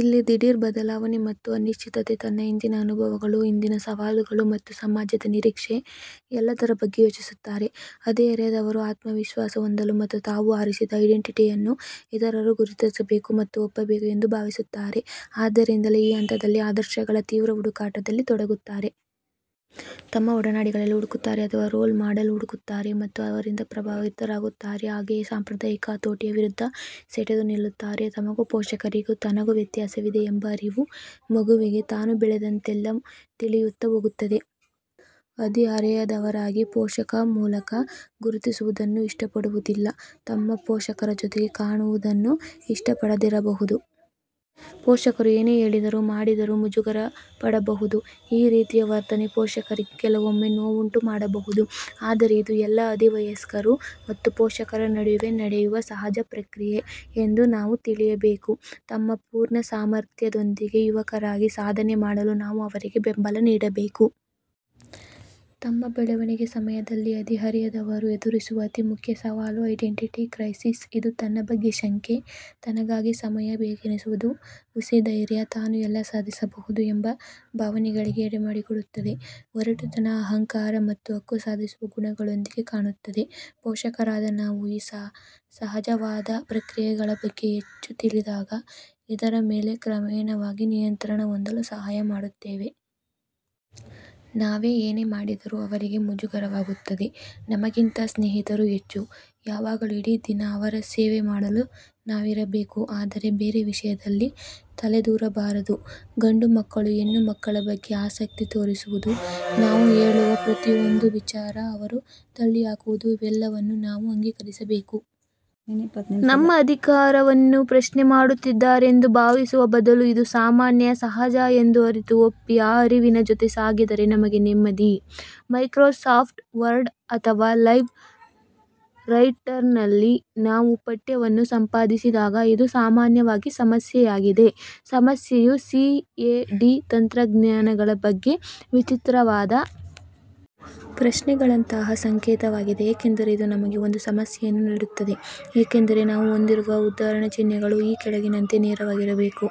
ಇಲ್ಲಿ ದಿಢೀರ್ ಬದಲಾವಣೆ ಮತ್ತು ಅನಿಶ್ಚಿತತೆ, ತನ್ನ ಹಿಂದಿನ ಅನುಭವಗಳು, ಇಂದಿನ ಸವಾಲುಗಳು ಮತ್ತು ಸಮಾಜದ ನಿರೀಕ್ಷೆ, ಎಲ್ಲದರ ಬಗ್ಗೆ ಯೋಚಿಸುತ್ತಾರೆ. ಹದಿಹರೆಯದವರು ಆತ್ಮವಿಶ್ವಾಸ ಹೊಂದಲು ಮತ್ತು ತಾವು ಆರಿಸಿದ ಐಡೆಂಟಿಟಿಯನ್ನು ಇತರರು ಗುರುತಿಸಬೇಕು ಮತ್ತು ಒಪ್ಪಬೇಕು ಎಂದು ಭಾವಿಸುತ್ತಾರೆ. ಆದ್ದರಿಂದಲೇ ಈ ಹಂತದಲ್ಲಿ ಆದರ್ಶಗಳ ತೀವ್ರ ಹುಡುಕಾಟದಲ್ಲಿ ತೊಡಗುತ್ತಾರೆ. ತಮ್ಮ ಒಡನಾಡಿಗಳಲ್ಲಿ ಹುಡುಕುತ್ತಾರೆ. ಅಥವಾ ರೋಲ್ ಮಾಡೆಲ್ ಹುಡುಕುತ್ತಾರೆ ಮತ್ತು ಅವರಿಂದ ಪ್ರಭಾವಿತರಾಗುತ್ತಾರೆ. ಹಾಗೆಯೇ ಸಾಂಪ್ರದಾಯಿಕ ಹತೋಟಿಯ ವಿರುದ್ಧ ಸೆಟೆದು ನಿಲ್ಲುತ್ತಾರೆ.. ತಮಗೂ ಪೋಷಕರಿಗೂ ತನಗೂ ವ್ಯತ್ಯಾಸವಿದೆ ಎಂಬ ಅರಿವು ಮಗುವಿಗೆ ತಾನು ಬೆಳೆದಂತೆಲ್ಲ ತಿಳಿಯುತ್ತಾ ಹೋಗುತ್ತದೆ. ಹದಿಹರೆಯದವರಾಗಿ ಪೋಷಕ ಮೂಲಕ ಗುರುತಿಸುವುದನ್ನು ಇಷ್ಟಪಡುವುದಿಲ್ಲ. ತಮ್ಮ ಪೋಷಕರ ಜೊತೆಗೆ ಕಾಣುವುದನ್ನೂ ಇಷ್ಟಪಡದಿರಬಹುದು. ಪೋಷಕರು ಏನೇ ಹೇಳಿದರೂ ಮಾಡಿದರೂ ಮುಜುಗರ ಪಡಬಹುದು. ಈ ರೀತಿಯ ವರ್ತನೆ ಪೋಷಕರಿಗೆ ಕೆಲವೊಮ್ಮೆ ನೋವುಂಟು ಮಾಡಬಹುದು. ಆದರೆ ಇದು ಎಲ್ಲ ಹದಿವಯಸ್ಕರು ಮತ್ತು ಪೋಷಕರ ನಡುವೆ ನಡೆಯುವ ಸಹಜ ಪ್ರಕ್ರಿಯೆ ಎಂದು ನಾವು ತಿಳಿಯಬೇಕು. ತಮ್ಮ ಪೂರ್ಣ ಸಾಮರ್ಥ್ಯದೊಂದಿಗೆ ಯುವಕರಾಗಿ ಸಾಧನೆ ಮಾಡಲು ನಾವು ಅವರಿಗೆ ಬೆಂಬಲ ನೀಡಬೇಕು. ತಮ್ಮ ಬೆಳವಣಿಗೆ ಸಮಯದಲ್ಲಿ ಹದಿಹರೆಯದವರು ಎದುರಿಸುವ ಅತಿ ಮುಖ್ಯ ಸವಾಲು ಐಡೆಂಟಿಟಿ ಕ್ರೈಸಿಸ್. ಇದು ತನ್ನ ಬಗ್ಗೆ ಶಂಕೆ, ತನಗಾಗಿ ಸಮಯ ಬೇಕೆನಿಸುವುದು, ಹುಸಿಧೈರ್ಯ, ನಾನು ಎಲ್ಲ ಸಾಧಿಸಬಹುದು ಎಂಬ ಭಾವನೆಗಳಿಗೆ ಎಡೆಮಾಡಿಕೊಡುತ್ತದೆ. ಒರಟುತನ, ಅಹಂಕಾರ ಮತ್ತು ಹಕ್ಕುಸಾಧಿಸುವ ಗುಣಗಳೊಂದಿಗೆ ಕಾಣುತ್ತದೆ. ಪೋಷಕರಾದ ನಾವು ಈ ಸಹಜವಾದ ಪ್ರಕ್ರಿಯೆಗಳ ಬಗ್ಗೆ ಹೆಚ್ಚು ತಿಳಿದಾಗ, ಇದರ ಮೇಲೆ ಕ್ರಮೇಣವಾಗಿ ನಿಯಂತ್ರಣ ಹೊಂದಲು ಸಹಾಯ ಮಾಡುತ್ತೇವೆ. ನಾವೇ ಏನೇ ಮಾಡಿದರೂ ಅವರಿಗೆ ಮುಜುಗರವಾಗುತ್ತದೆ, ನಮಗಿಂತ ಸ್ನೇಹಿತರು ಹೆಚ್ಚು; ಯಾವಾಗಲೂ ಇಡೀ ದಿನ ಅವರ ಸೇವೆ ಮಾಡಲು ನಾವಿರಬೇಕು ಆದರೆ ಬೇರೆ ವಿಷಯದಲ್ಲಿ ತಲೆದೂರಬಾರದು, ಗಂಡು ಮಕ್ಕಳು ಹೆಣ್ಣು ಮಕ್ಕಳ ಬಗ್ಗೆ ಆಸಕ್ತಿ ತೋರಿಸುವುದು, ನಾವು ಹೇಳುವ ಪ್ರತಿಯೊಂದು ವಿಚಾರ ಅವರು ತಳ್ಳಿಹಾಕುವುದು, ಇವೆಲ್ಲವನ್ನು ನಾವು ಅಂಗೀಕರಿಸಬೇಕು. ನಮ್ಮ ಅಧಿಕಾರವನ್ನು ಪ್ರಶ್ನೆಮಾಡುತ್ತಿದ್ದಾರೆಂದು ಭಾವಿಸುವ ಬದಲು, ಇದು 'ಸಾಮಾನ್ಯ', 'ಸಹಜ' ಎಂದು ಅರಿತು, ಒಪ್ಪಿ, ಆ ಅರಿವಿನ ಜೊತೆ ಸಾಗಿದರೆ ನಮಗೇ ನೆಮ್ಮದಿ. ಮೈಕ್ರೋಸಾಫ್ಟ್ ವರ್ಡ್ ಅಥವಾ ಲೈವ್ ರೈಟರ್ನಲ್ಲಿ ನಾವು ಪಠ್ಯವನ್ನು ಸಂಪಾದಿಸಿದಾಗ ಇದು ಸಾಮಾನ್ಯವಾಗಿ ಸಮಸ್ಯೆಯಾಗಿದೆ. ಸಮಸ್ಯೆಯು ಸಿಎಡಿ ತಂತ್ರಜ್ಞಾನಗಳ ಬಗ್ಗೆ ವಿಚಿತ್ರವಾದ ಪ್ರಶ್ನೆಗಳಂತಹ ಸಂಕೇತವಾಗಿದೆ, ಏಕೆಂದರೆ ಇದು ನಮಗೆ ಒಂದು ಸಮಸ್ಯೆಯನ್ನು ನೀಡುತ್ತದೆ, ಏಕೆಂದರೆ ನಾವು ಹೊಂದಿರುವ ಉದ್ಧರಣ ಚಿಹ್ನೆಗಳು ಈ ಕೆಳಗಿನಂತೆ ನೇರವಾಗಿರಬೇಕು: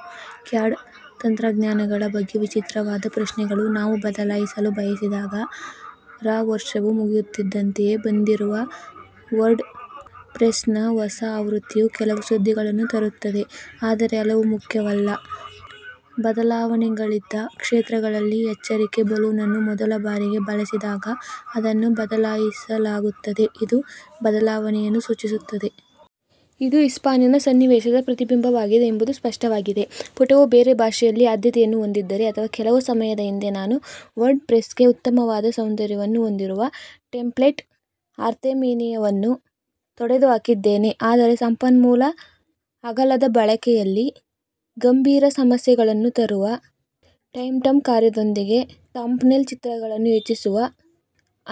ಕ್ಯಾಡ್ ತಂತ್ರಜ್ಞಾನಗಳ ಬಗ್ಗೆ ವಿಚಿತ್ರವಾದ ಪ್ರಶ್ನೆಗಳು ನಾವು ಬದಲಾಯಿಸಲು ಬಯಸಿದಾಗ ರ ವರ್ಷವು ಮುಗಿಯುತ್ತಿದ್ದಂತೆಯೇ ಬಂದಿರುವ ವರ್ಡ್ ಪ್ರೆಸ್ನ ಹೊಸ ಆವೃತ್ತಿಯು ಕೆಲವು ಸುದ್ದಿಗಳನ್ನು ತರುತ್ತದೆ, ಆದರೆ ಹಲವು ಮುಖ್ಯವಲ್ಲ: ಬದಲಾವಣೆಗಳಿದ್ದ ಕ್ಷೇತ್ರಗಳಲ್ಲಿ, ಎಚ್ಚರಿಕೆ ಬಲೂನ್ ಅನ್ನು ಮೊದಲ ಬಾರಿಗೆ ಬಳಸಿದಾಗ ಅದನ್ನು ಬದಲಾಯಿಸಲಾಗುತ್ತದೆ, ಇದು ಬದಲಾವಣೆಯನ್ನು ಸೂಚಿಸುತ್ತದೆ. ಇದು ಹಿಸ್ಪಾನಿಕ್ ಸನ್ನಿವೇಶದ ಪ್ರತಿಬಿಂಬವಾಗಿದೆ ಎಂಬುದು ಸ್ಪಷ್ಟವಾಗಿದೆ, ಪುಟವು ಬೇರೆ ಭಾಷೆಯಲ್ಲಿ ಆದ್ಯತೆಯನ್ನು ಹೊಂದಿದ್ದರೆ ಅಥವಾ ಕೆಲವು ಸಮಯದ ಹಿಂದೆ ನಾನು ವರ್ಡ್ ಪ್ರೆಸ್ಗೆ ಉತ್ತಮವಾದ ಸೌಂದರ್ಯವನ್ನು ಹೊಂದಿರುವ ಟೆಂಪ್ಲೆಟ್ ಆರ್ತೆಮಿಯಾವನ್ನು ತೊಡೆದುಹಾಕಿದ್ದೇನೆ ಆದರೆ ಸಂಪನ್ಮೂಲ ಅಗಲದ ಬಳಕೆಯಲ್ಲಿ ಗಂಭೀರ ಸಮಸ್ಯೆಗಳನ್ನು ತರುವ ಟೈಮ್ಟಂಬ್ ಕಾರ್ಯದೊಂದಿಗೆ ಥಂಬ್ನೇಲ್ ಚಿತ್ರಗಳನ್ನು ಹೆಚ್ಚಿಸುವ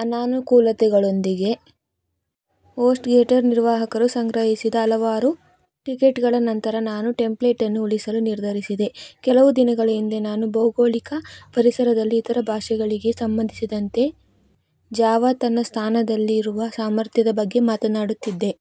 ಅನನುಕೂಲತೆಯೊಂದಿಗೆ. ಹೋಸ್ಟ್ಗೇಟರ್ ನಿರ್ವಾಹಕರು ಸಂಗ್ರಹಿಸಿದ ಹಲವಾರು ಟಿಕೆಟ್ಗಳ ನಂತರ ನಾನು ಟೆಂಪ್ಲೇಟ್ ಅನ್ನು ಉಳಿಸಲು ನಿರ್ಧರಿಸಿದೆ ಕೆಲವು ದಿನಗಳ ಹಿಂದೆ ನಾನು ಭೌಗೋಳಿಕ ಪರಿಸರದಲ್ಲಿ ಇತರ ಭಾಷೆಗಳಿಗೆ ಸಂಬಂಧಿಸಿದಂತೆ ಜಾವಾ ತನ್ನ ಸ್ಥಾನದಲ್ಲಿ ಇರುವ ಸಾಮರ್ಥ್ಯದ ಬಗ್ಗೆ ಮಾತನಾಡುತ್ತಿದ್ದೆ.